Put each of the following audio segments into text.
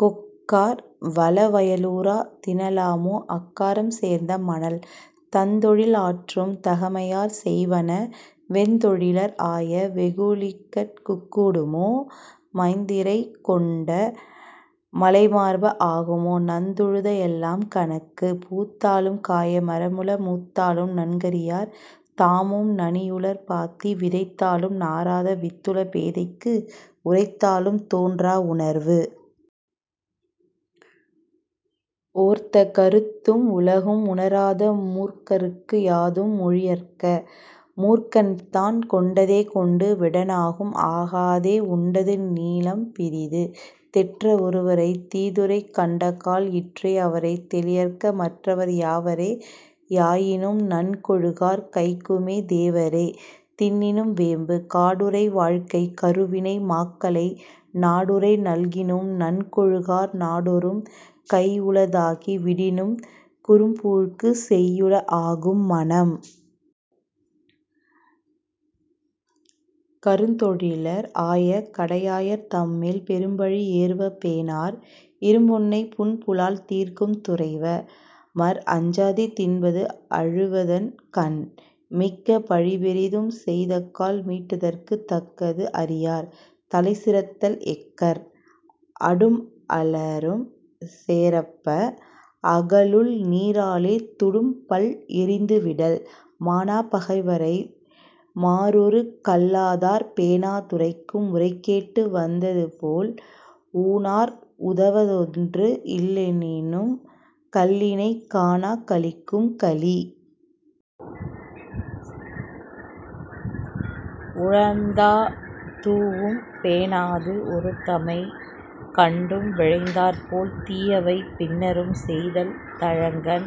கொக்கார் வளவய லூரா! 'தினலாமோ அக்காரம் சேர்ந்த மணல்'. தந்தொழில் ஆற்றும் தகைமையார் செய்வன வெந்தொழிலர் ஆய வெகுளிகட்குக் கூடுமோ? மைந்இறை கொண்ட மலைமார்ப! 'ஆகுமோ நந்துழுத எல்லாம் கணக்கு? '. பூத்தாலும் காயா மரமுள மூத்தாலும் நன்கறியார் தாமும் நனியுளர் பாத்தி விதைத்தாலும் நாறாத வித்துள பேதைக்கு 'உரைத்தாலும் தோன்றா உணர்வு'. ஓர்த்த கருத்தும் உலகும் உணராத மூர்க்கர்க்கு யாதும் மொழியற்க! மூர்க்கன்தான் கொண்டதே கொண்டு விடானாகும் 'ஆகாதே உண்டது நீலம் பிறிது'. தெற்ற ஒருவரைத் தீதுரை கண்டக்கால் இற்றே அவரைத் தெளியற்க மற்றவர் யாவரே யாயினும் நன்கொழுகார் 'கைக்குமே தேவரே தின்னினும் வேம்பு'. காடுறை வாழ்க்கைக் கருவினை மாக்களை நாடுறைய நல்கினும் நன்கொழுகார் நாடொறும் கையுள தாகி விடினும் 'குறும்பூழ்க்குச் செய்யுள ஆகும் மனம்'. கருந்தொழிலர் ஆய கடையாயர் தம்மேல் பெரும்பழி யேறுவ பேணார் இரும்புன்னை புன்புலால் தீர்க்கும் துறைவ! மற் 'அஞ்சாதே தின்பது அழுவதன் கண்'. மிக்க பழிபெரிதும் செய்தக்கால் மீட்டதற்குத் தக்கது அறியார் தலைசிறத்தல் எக்கர் அடும்அலரும் சேரப்ப! 'அகலுள்நீ ராலே துடும்பல் எறிந்து விடல்'. மாணாப் பகைவரை மாறொறுக் கல்லாதார் பேணா துரைக்கும் உரைகேட்டு வந்ததுபோல் ஊணார்ந் உதவுவதொன்று இல்லெனினும் 'கள்ளினைக் காணாக் களிக்கும் களி'. உழந்தாதூஉம் பேணாது ஒறுத்தமை கண்டும் விழைந்தார்போல் தீயவை பின்னரும் செய்தல் தழங்கண்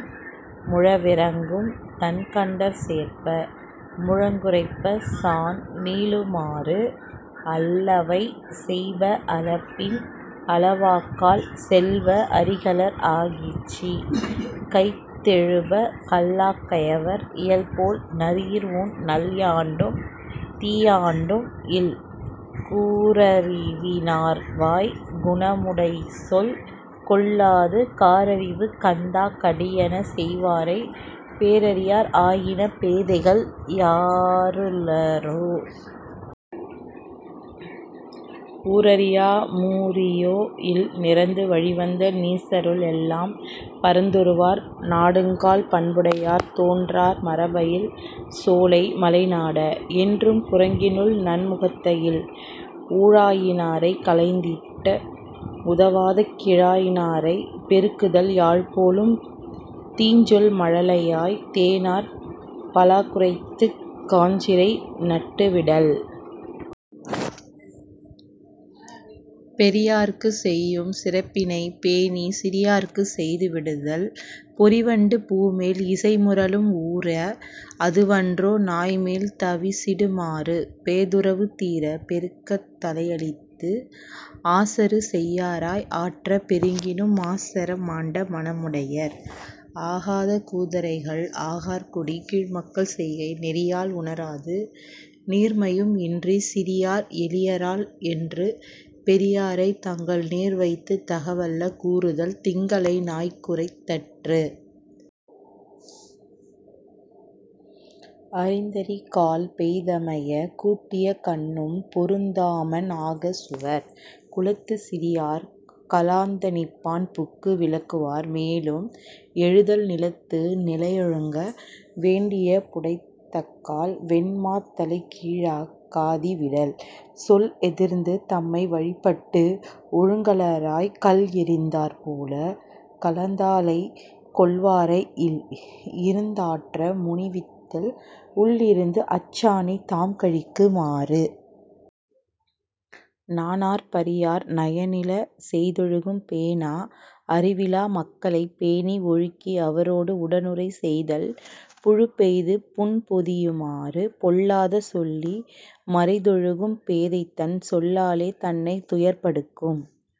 முழவிரங்கும் தண்கண்டற் சேர்ப்ப! 'முழங்குறைப்ப சாண்நீளு மாறு'. அல்லவை செய்ப அலப்பின் அலவாக்கால் செல்வ அறிகலர் ஆகிச்சி தைத்தெழுப கல்லாக் கயவர் இயல்போல் 'நரியிற் ஊண் நல்யாண்டும் தீயாண்டும் இல்'. கூரறிவி னார்வாய்க் குணமுடைச்சொல் கொள்ளாது காரறிவு கந்தாக் கடியன செய்வாரைப் பேரறியார் ஆயின பேதைகள் யாரளுரோ? 'ஊரறியா மூரியோ இல்'. நிரந்து வழிவந்த நீசருள் எல்லாம் பரந்தொருவர் நாடுங்கால் பண்புடையார் தோன்றார் மரம்பயில் சோலை மலைநாட! என்றும் 'குரங்கினுள் நன்முகத்த இல்'. ஊழாயி னாரைக் களைந்திட்ட உதவாத கீழாயி னாரைப் பெருக்குதல் யாழ்போலும் தீஞ்சொல் மழலையாய்! தேனார் 'பலாக்குறைத்துக் காஞ்சிரை நட்டு விடல்'. பெரியார்க்குச் செய்யும் சிறப்பினைப் பேணிச் சிறியார்க்குச் செய்து விடுதல் பொறிவண்டு பூமேல் இசைமுரலும் ஊர! அதுவன்றோ 'நாய்மேல் தவிசிடு மாறு'. பேதுறவு தீரப் பெருக்கத் தலையளித்து ஆசறு செய்யாராய் ஆற்றப் பெருகினும் மாசற மாண்ட மனமுடையர் ஆகாத 'கூதறைகள் ஆகார் குடி. '. கீழ்மக்கள் செய்கை நெறியால் உணராது நீர்மையும் இன்றிச் சிறியார் எளியரால் என்று பெரியாரைத் தங்கள்நேர் வைத்துத் தகவல்ல கூறுதல் 'திங்களை நாய்குரைத் தற்று'. அரிந்தரிகால் பெய்தமையக் கூட்டியக் கண்ணும் 'பொருந்தாமண் ஆகா சுவர்'. குலத்துச் சிறியார் கலாந்தணிப்பான் புக்கு விலக்குவார் மேலும் எழுதல் நிலத்து நிலையழுங்க வேண்டிப் புடைத்தக்கால் 'வெண்மாத் தலைக்கீழாக் காதி விடல்'. சொல்எதிர்ந்து தம்மை வழிபட்டு ஒழுகலராய்க் கல்எறிந்தாற் போலத் கலாந்தலைக் கொள்வாரை இல்இருந் ஆற்ற முனிவித்தல் 'உள்ளிருந்து அச்சாணி தாம்கழிக்கு மாறு'. நாணார் பரியார் நயனில செய்தொழுகும் பேணா அறிவிலா மக்களைப் பேணி ஒழுக்கி அவரோடு உடனுறை செய்தல் 'புழுப்பெய்து புண்பொதியு மாறு'. பொல்லாத சொல்லி மறைத்தொழுகும் பேதைதன் சொல்லாலே தன்னைத் துயர்ப்படுக்கும்